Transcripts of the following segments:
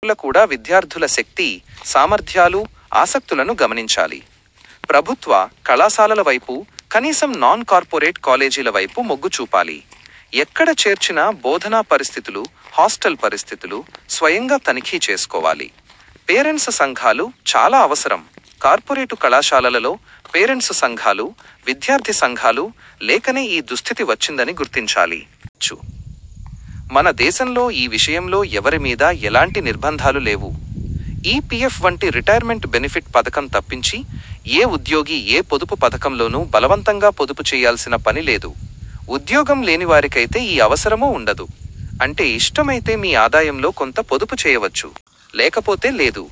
తల్లిదండ్రుల కూడా విద్యార్థుల శక్తి సామర్థ్యాలు, ఆసక్తులను గమనించాలి. ప్రభుత్వ, కళాశాలల వైపు, కనీసం నాన్ కార్పొరేట్ కాలేజీల వైపు మొగ్గుచూపాలి. ఎక్కడ చేర్చినా బోధనా పరిస్థితులు, హాస్టల్ పరిస్థితులు స్వయంగా తనిఖీ చేసుకోవాలి. పేరెంట్స్ సంఘాలు చాలా అవసరం. కార్పొరేటు కళాశాలలలో పేరెంట్స్ సంఘాలూ, విద్యార్థి సంఘాలూ లేకనే ఈ దుస్థితి వచ్చిందని గుర్తించాలి. మన దేశంలో ఈ విషయంలో ఎవరి మీదా ఎలాంటి నిర్భంధాలు లేవు. ఇపిఎఫ్ వంటి రిటైర్మెంట్ బెనిఫిట్ పథకం తప్పించి, ఏ ఉద్యోగీ ఏ పొదుపు పథకంలోనూ బలవంతంగా పొదుపు చేయాల్సిన పని లేదు. ఉద్యోగం లేని వారికైతే ఈ అవసరమూ ఉండదు. అంటే ఇష్టమైతే మీ ఆదాయంలో కొంత పొదుపు చేయవచ్చు. లేకపోతే లేదు.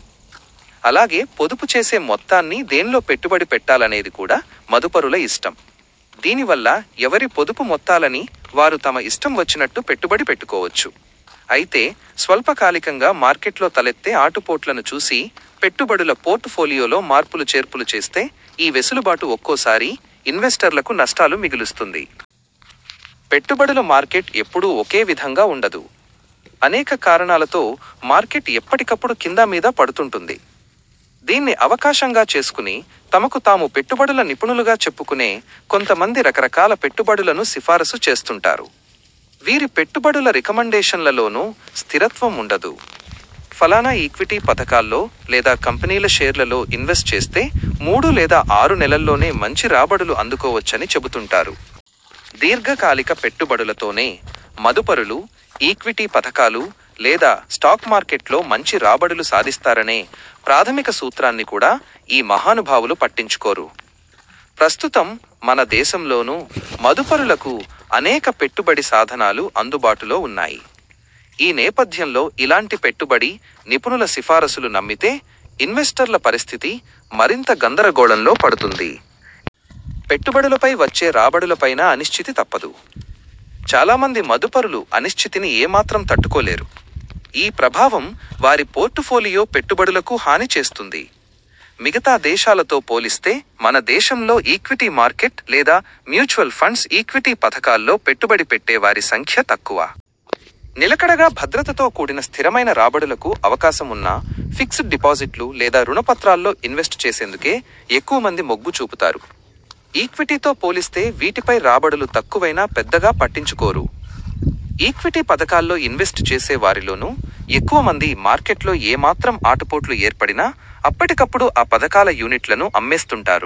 అలాగే పొదుపు చేసే మొత్తాన్ని దేన్లో పెట్టుబడి పెట్టాలనేది కూడా మదుపరుల ఇష్టం. దీని వల్ల ఎవరి పొదుపు మొత్తాలని వారు తమ ఇష్టం వచ్చినట్టు పెట్టుబడి పెట్టుకోవచ్చు. అయితే స్వల్పకాలికంగా మార్కెట్లో తలెత్తే ఆటుపోట్లను చూసి పెట్టుబడుల పోర్టుఫోలియోలో మార్పులు చేర్పులు చేస్తే, ఈ వెసులుబాటు ఒక్కోసారి ఇన్వెస్టర్లకు నష్టాలు మిగులుస్తుంది. పెట్టుబడుల మార్కెట్ ఎపుడూ ఒకే విధంగా ఉండదు. అనేక కారణాలతో మార్కెట్ ఎప్పటికపుడు కిందా మీదా పడుతుంటుంది. దీన్ని అవకాశంగా చేసుకుని తమకు తాము పెట్టుబడుల నిపుణులుగా చెప్పుకునే కొంత మంది రకరకాల పెట్టుబడులను సిఫారసు చేస్తుంటారు. వీరి పెట్టుబడుల రికమండేషన్లలోనూ స్థిరత్వం ఉండదు. ఫలానా ఈక్విటీ పథకాల్లో లేదా కంపెనీల షేర్లలో ఇన్వెస్ట్ చేస్తే మూడు లేదా ఆరు నెలల్లోనే మంచి రాబడులు అందుకోవచ్చని చెబుతుంటారు. దీర్ఘకాలిక పెట్టుబడులతోనే మదుపరులు ఈక్విటీ పథకాలు లేదా స్టాక్ మార్కెట్లో మంచి రాబడులు సాధిస్తారనే ప్రాథమిక సూత్రాన్ని కూడా ఈ మహానుభావులు పట్టించుకోరు. ప్రస్తుతం మన దేశంలోనూ మదుపరులకు అనేక పెట్టుబడి సాధనాలు అందుబాటులో ఉన్నాయి. ఈ నేపథ్యంలో ఇలాంటి పెట్టుబడి నిపుణుల సిఫారసులు నమ్మితే ఇన్వెస్టర్ల పరిస్థితి మరింత గందరగోళంలో పడుతుంది. పెట్టుబడులపై వచ్చే రాబడులపైనా అనిశ్చితి తప్పదు. చాలా మంది మదుపరులు అనిశ్చితిని ఏ మాత్రం తట్టుకోలేరు. ఈ ప్రభావం వారి పోర్టుఫోలియో పెట్టుబడులకూ హాని చేస్తుంది. మిగతా దేశాలతో పోలిస్తే మన దేశంలో ఈక్విటీ మార్కెట్ లేదా మ్యూచువల్ ఫండ్స్ ఈక్విటీ పథకాల్లో పెట్టుబడి పెట్టే వారి సంఖ్య తక్కువ. నిలకడగా భద్రతతో కూడిన స్థిరమైన రాబడులకు అవకాశం ఉన్న ఫిక్స్డ్ డిపాజిట్లు లేదా రుణ పత్రాల్లో ఇన్వెస్ట్ చేసేందుకే ఎక్కువ మంది మొగ్గు చూపుతారు. ఈక్విటీతో పోలిస్తే వీటిపై రాబడులు తక్కువైనా పెద్దగా పట్టించుకోరు. ఈక్విటీ పథకాల్లో ఇన్వెస్ట్ చేసే వారిలోనూ ఎక్కువ మంది, మార్కెట్లో ఏ మాత్రం ఆటుపోట్లు ఏర్పడినా అప్పటికపుడు ఆ పథకాల యూనిట్లను అమ్మేస్తుంటారు.